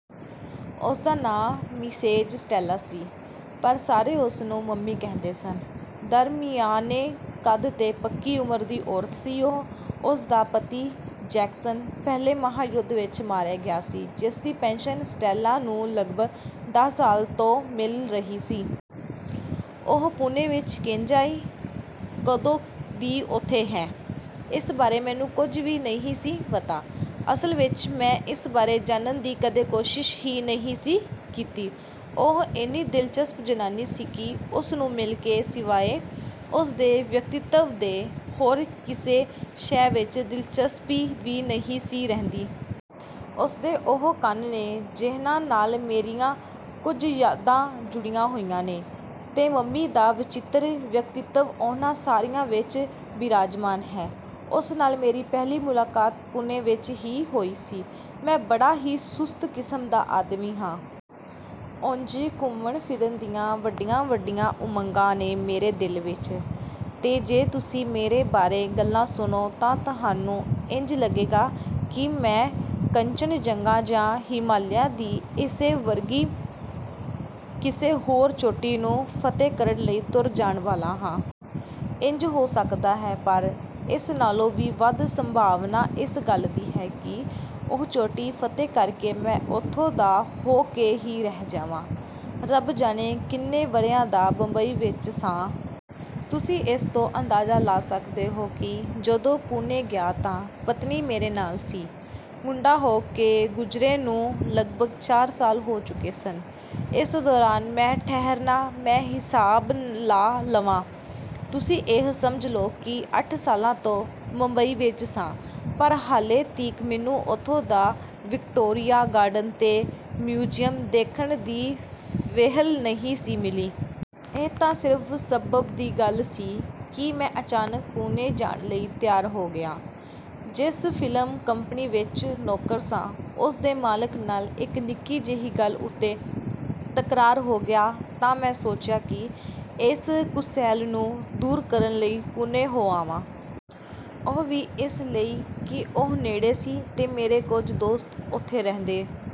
ਉਸਦਾ ਨਾਂ Mrs Stella ਸੀ, ਪਰ ਸਾਰੇ ਉਸਨੂੰ ਮੰਮੀ ਕਹਿੰਦੇ ਸਨ। ਦਰਮਿਆਨੇ ਕੱਦ ਤੇ ਪੱਕੀ ਉਮਰ ਦੀ ਔਰਤ ਸੀ ਉਹ। ਉਸਦਾ ਪਤੀ ਜੈਕਸਨ ਪਹਿਲੇ ਮਹਾ-ਯੁੱਧ ਵਿਚ ਮਾਰਿਆ ਗਿਆ ਸੀ। ਜਿਸਦੀ ਪੈਨਸ਼ਨ ਸਟੈਲਾ ਨੂੰ ਲਗਭਗ ਦਸ ਸਾਲ ਤੋਂ ਮਿਲ ਰਹੀ ਸੀ। ਉਹ ਪੂਨੇ ਵਿਚ ਕਿੰਜ ਆਈ?, ਕਦੋਂ ਦੀ ਉੱਥੇ ਹੈ?, ਇਸ ਬਾਰੇ ਮੈਨੂੰ ਕੁਝ ਵੀ ਨਹੀਂ ਸੀ ਪਤਾ। ਅਸਲ ਵਿਚ ਮੈਂ ਇਸ ਬਾਰੇ ਜਾਨਨ ਦੀ ਕਦੀ ਕੋਸ਼ਿਸ਼ ਹੀ ਨਹੀਂ ਸੀ ਕੀਤੀ। ਉਹ ਏਨੀ ਦਿਲਚਸਪ ਜਨਾਨੀ ਸੀ ਕਿ ਉਸਨੂੰ ਮਿਲ ਕੇ ਸਿਵਾਏ ਉਸਦੇ ਵਿਅੱਕਤੀਤਵ ਦੇ ਹੋਰ ਕਿਸੇ ਸ਼ੈ ਵਿਚ ਦਿਲਚਸਪੀ ਵੀ ਨਹੀਂ ਸੀ ਰਹਿੰਦੀ। ਉਸਦੇ ਉਹ ਕਣ ਨੇ, ਜਿਹਨਾਂ ਨਾਲ ਮੇਰੀਆਂ ਕੁਝ ਯਾਦਾਂ ਜੁੜੀਆਂ ਹੋਈਆਂ ਨੇ ਤੇ ਮੰਮੀ ਦਾ ਵਚਿੱਤਰ ਵਿਅੱਕਤੀਤਵ ਉਹਨਾਂ ਸਾਰਿਆਂ ਵਿਚ ਬਿਰਾਜਮਾਨ ਹੈ। ਉਸ ਨਾਲ ਮੇਰੀ ਪਹਿਲੀ ਮੁਲਾਕਾਤ ਪੂਨੇ ਵਿਚ ਹੀ ਹੋਈ ਸੀ। ਮੈਂ ਬੜਾ ਹੀ ਸੁਸਤ ਕਿਸਮ ਦਾ ਆਦਮੀ ਹਾਂ। ਉਂਜ ਘੁੰਮਣ-ਫਿਰਨ ਦੀਆਂ ਵੱਡੀਆਂ-ਵੱਡੀਆਂ ਉਮੰਗਾਂ ਨੇ ਮੇਰੇ ਦਿਲ ਵਿਚ, ਤੇ ਜੇ ਤੁਸੀਂ ਮੇਰੇ ਬਾਰੇ ਗੱਲਾਂ ਸੁਣੋ ਤਾਂ ਤੁਹਾਨੂੰ ਇੰਜ ਲੱਗੇਗਾ ਕਿ ਮੈਂ ਕੰਚਨਜੰਗਾ ਜਾਂ ਹਿਮਾਲਿਆ ਦੀ ਇਸੇ ਵਰਗੀ ਕਿਸੇ ਹੋਰ ਚੋਟੀ ਨੂੰ ਫਤਿਹ ਕਰਨ ਲਈ ਤੁਰ ਜਾਣ ਵਾਲਾ ਹਾਂ। ਇੰਜ ਹੋ ਸਕਦਾ ਹੈ, ਪਰ ਇਸ ਨਾਲੋਂ ਵੀ ਵਧ ਸੰਭਾਵਨਾ ਇਸ ਗੱਲ ਦੀ ਹੈ ਕਿ ਉਹ ਚੋਟੀ ਫਤਿਹ ਕਰਕੇ ਮੈਂ ਉੱਥੋਂ ਦਾ ਹੋ ਕੇ ਹੀ ਰਹਿ ਜਾਵਾਂ। ਰੱਬ ਜਾਣੇ ਕਿੰਨੇ ਵਰ੍ਹਿਆਂ ਦਾ ਬੰਬਈ ਵਿਚ ਸਾਂ। ਤੁਸੀਂ ਇਸ ਤੋਂ ਅੰਦਾਜ਼ਾ ਲਾ ਸਕਦੇ ਹੋ ਕਿ ਜਦੋਂ ਪੂਨੇ ਗਿਆ ਤਾਂ ਪਤਨੀ ਮੇਰੇ ਨਾਲ ਸੀ। ਮੁੰਡਾ ਹੋ ਕੇ ਗੁਜਰੇ ਨੂੰ ਲਗਭਗ ਚਾਰ ਸਾਲ ਹੋ ਚੁੱਕੇ ਸਨ। ਇਸ ਦੌਰਾਨ ਮੈਂ ਠਹਿਰਨਾ, ਮੈਂ ਹਿਸਾਬ ਲਾ ਲਵਾਂ, ਤੁਸੀਂ ਇਹ ਸਮਝ ਲਓ ਕਿ ਅੱਠ ਸਾਲਾਂ ਤੋਂ ਬੰਬਈ ਵਿਚ ਸਾਂ, ਪਰ ਹਾਲੇ ਤੀਕ ਮੈਨੂੰ ਉੱਥੋਂ ਦਾ ਵਿਕਟੋਰੀਆ ਗਾਰਡਨ ਤੇ ਮਿਊਜ਼ਿਅਮ ਦੇਖਣ ਦੀ ਵਿਹਲ ਨਹੀਂ ਸੀ ਮਿਲੀ। ਇਹ ਤਾਂ ਸਿਰਫ ਸਬੱਬ ਦੀ ਗੱਲ ਸੀ ਕਿ ਮੈਂ ਅਚਾਨਕ ਪੂਨੇ ਜਾਣ ਲਈ ਤਿਆਰ ਹੋ ਗਿਆ। ਜਿਸ ਫ਼ਿਲਮ ਕੰਪਨੀ ਵਿਚ ਨੌਕਰ ਸਾਂ, ਉਸਦੇ ਮਾਲਕ ਨਾਲ ਇਕ ਨਿੱਕੀ-ਜਿਹੀ ਗੱਲ ਉੱਤੇ ਤਕਰਾਰ ਹੋ ਗਿਆ ਤਾਂ ਮੈਂ ਸੋਚਿਆ ਕਿ ਏਸ ਕੁਸੈਲ ਨੂੰ ਦੂਰ ਕਰਨ ਲਈ ਪੂਨੇ ਹੋ ਆਵਾਂ। ਉਹ ਵੀ ਇਸ ਲਈ ਕਿ ਉਹ ਨੇੜੇ ਸੀ ਤੇ ਮੇਰੇ ਕੁਝ ਦੋਸਤ ਉੱਥੇ ਰਹਿੰਦੇ